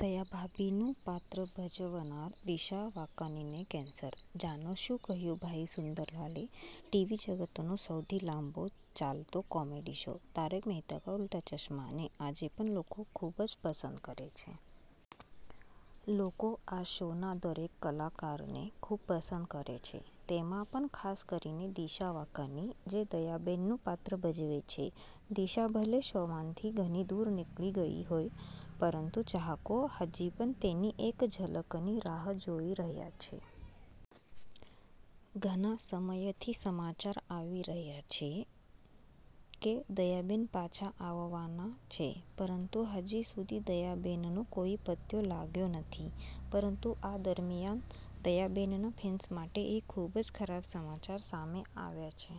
દયાભાભીનું પાત્ર ભજવનાર દિશા વાકાણીને કેન્સર? જાણો શું કહ્યું ભાઈ સુંદર લાલે: ટીવી જગતનો સૌથી લાંબો ચાલતો કોમેડી શો 'તારક મહેતા કા ઉલ્ટા ચશ્મા' ને આજે પણ લોકો ખુબ જ પસંદ કરે છે. લોકો આ શોના દરેક કલાકારને ખૂબ પસંદ કરે છે. તેમાં પણ ખાસ કરીને દિશા વાકાણી, જે દયાબેન નું પાત્ર ભજવે છે. દિશા ભલે શોમાંથી ઘણી દૂર નીકળી ગઈ હોય, પરંતુ ચાહકો હજુ પણ તેની એક ઝલકની રાહ જોઈ રહ્યા છે. ઘણા સમયથી સમાચાર આવી રહ્યા છે કે દયાબેન પાછા આવવાના છે પરંતુ હજુ સુધી દયાબેનનો કોઈ પત્તો લાગ્યો નથી. પરંતુ આ દરમિયાન દયાબેનના ફેન્સ માટે એક ખૂબ જ ખરાબ સમાચાર સામે આવ્યા છે.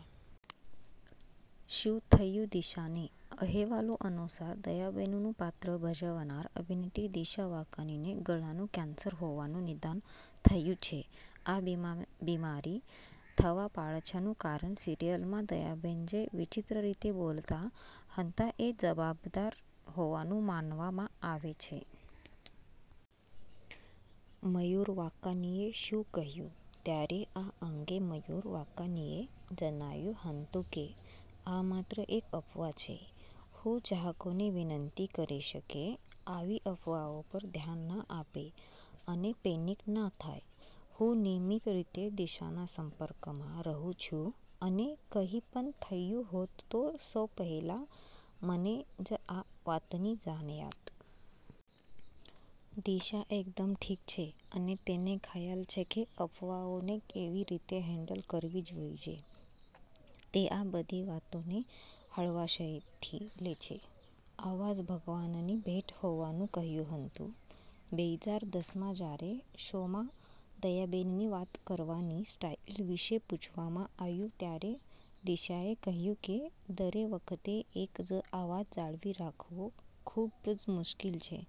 શું થયું દિશાને? અહેવાલો અનુસાર, દયાબેનનું પાત્ર ભજવનાર અભિનેત્રી દિશા વાકાણીને ગળાનું કેન્સર હોવાનું નિદાન થયું છે. આ બીમારી થવા પાછળનું કારણ સિરિયલમાં દયાબેન જે વિચિત્ર રીતે બોલતાં હતાં એ જવાબદાર હોવાનું માનવામાં આવે છે. મયૂર વાકાણીએ શું કહ્યું? ત્યારે આ અંગે મયૂર વાકાણીએ જણાવ્યું હતું કે, 'આ માત્ર એક અફવા છે. હું ચાહકોને વિનંતી કરીશ કે આવી અફવાઓ પર ધ્યાન ના આપે અને પેનિક ના થાય. હું નિયમિત રીતે દિશાના સંપર્કમાં રહું છું અને કંઈપણ થયું હોત તો સૌ પહેલા મને જ આ વાતની જાણ થાત. દિશા એકદમ ઠીક છે અને તેને ખ્યાલ છે કે અફવાઓને કેવી રીતે હેન્ડલ કરવી જોઈએ. તે આ બધી વાતોને હળવાશથી લે છે.' અવાજ ભગવાનની ભેટ હોવાનું કહ્યું હતું: બેહજાર દસ માં જ્યારે શોમાં દયાબેનની વાત કરવાની સ્ટાઈલ વિશે પૂછવામાં આવ્યું ત્યારે દિશાએ કહ્યું કે, દરેક વખતે એક જ અવાજ જાળવી રાખવો ખૂબ જ મુશ્કેલ છે,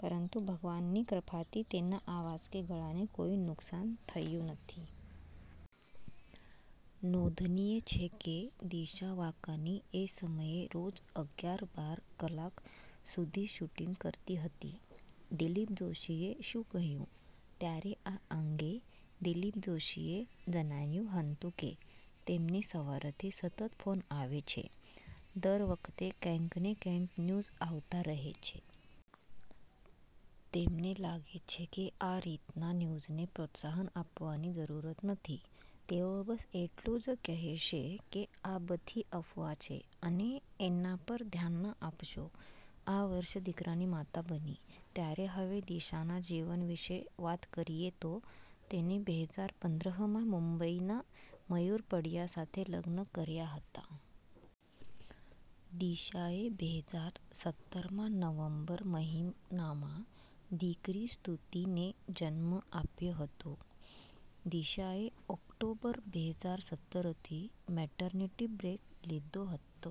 પરંતુ ભગવાનની કૃપાથી તેના અવાજ કે ગળાને કોઈ નુકસાન થયું નથી. નોંધનીય છે કે દિશા વાકાણી એ સમયે રોજ અગ્યાર-બાર કલાક સુધી શૂટિંગ કરતી હતી. દિલીપ જોષીએ શું કહ્યું? ત્યારે આ અંગે દિલીપ જોષીએ જણાવ્યું હતું કે, તેમને સવારથી સતત ફોન આવે છે. દર વખતે કંઈક ને કંઈક ન્યૂઝ આવતા રહે છે. તેમને લાગે છે કે આ રીતના ન્યૂઝને પ્રોત્સાહન આપવાની જરૂર નથી. તેઓ બસ એટલું જ કહેશે કે આ બધી અફવા છે અને એના પર ધ્યાન ના આપશો. આ વર્ષે દીકરાની માતા બની: ત્યારે હવે દિશાના જીવન વિશે વાત અક્રીએ તો, તેણે બેહજાર પંદર માં મુંબઈના મયૂર પડિયા સાથે લગ્ન કર્યા હતા. દિશાએ બેહજાર સત્તર માં નવેમ્બર મહિનામાં દીકરી સ્તુતિને જન્મ આપ્યો હતો. દિશાએ ઓક્ટોબર, બેહજાર સત્તરથી મૅટરનિટી બ્રેક લીધો હતો.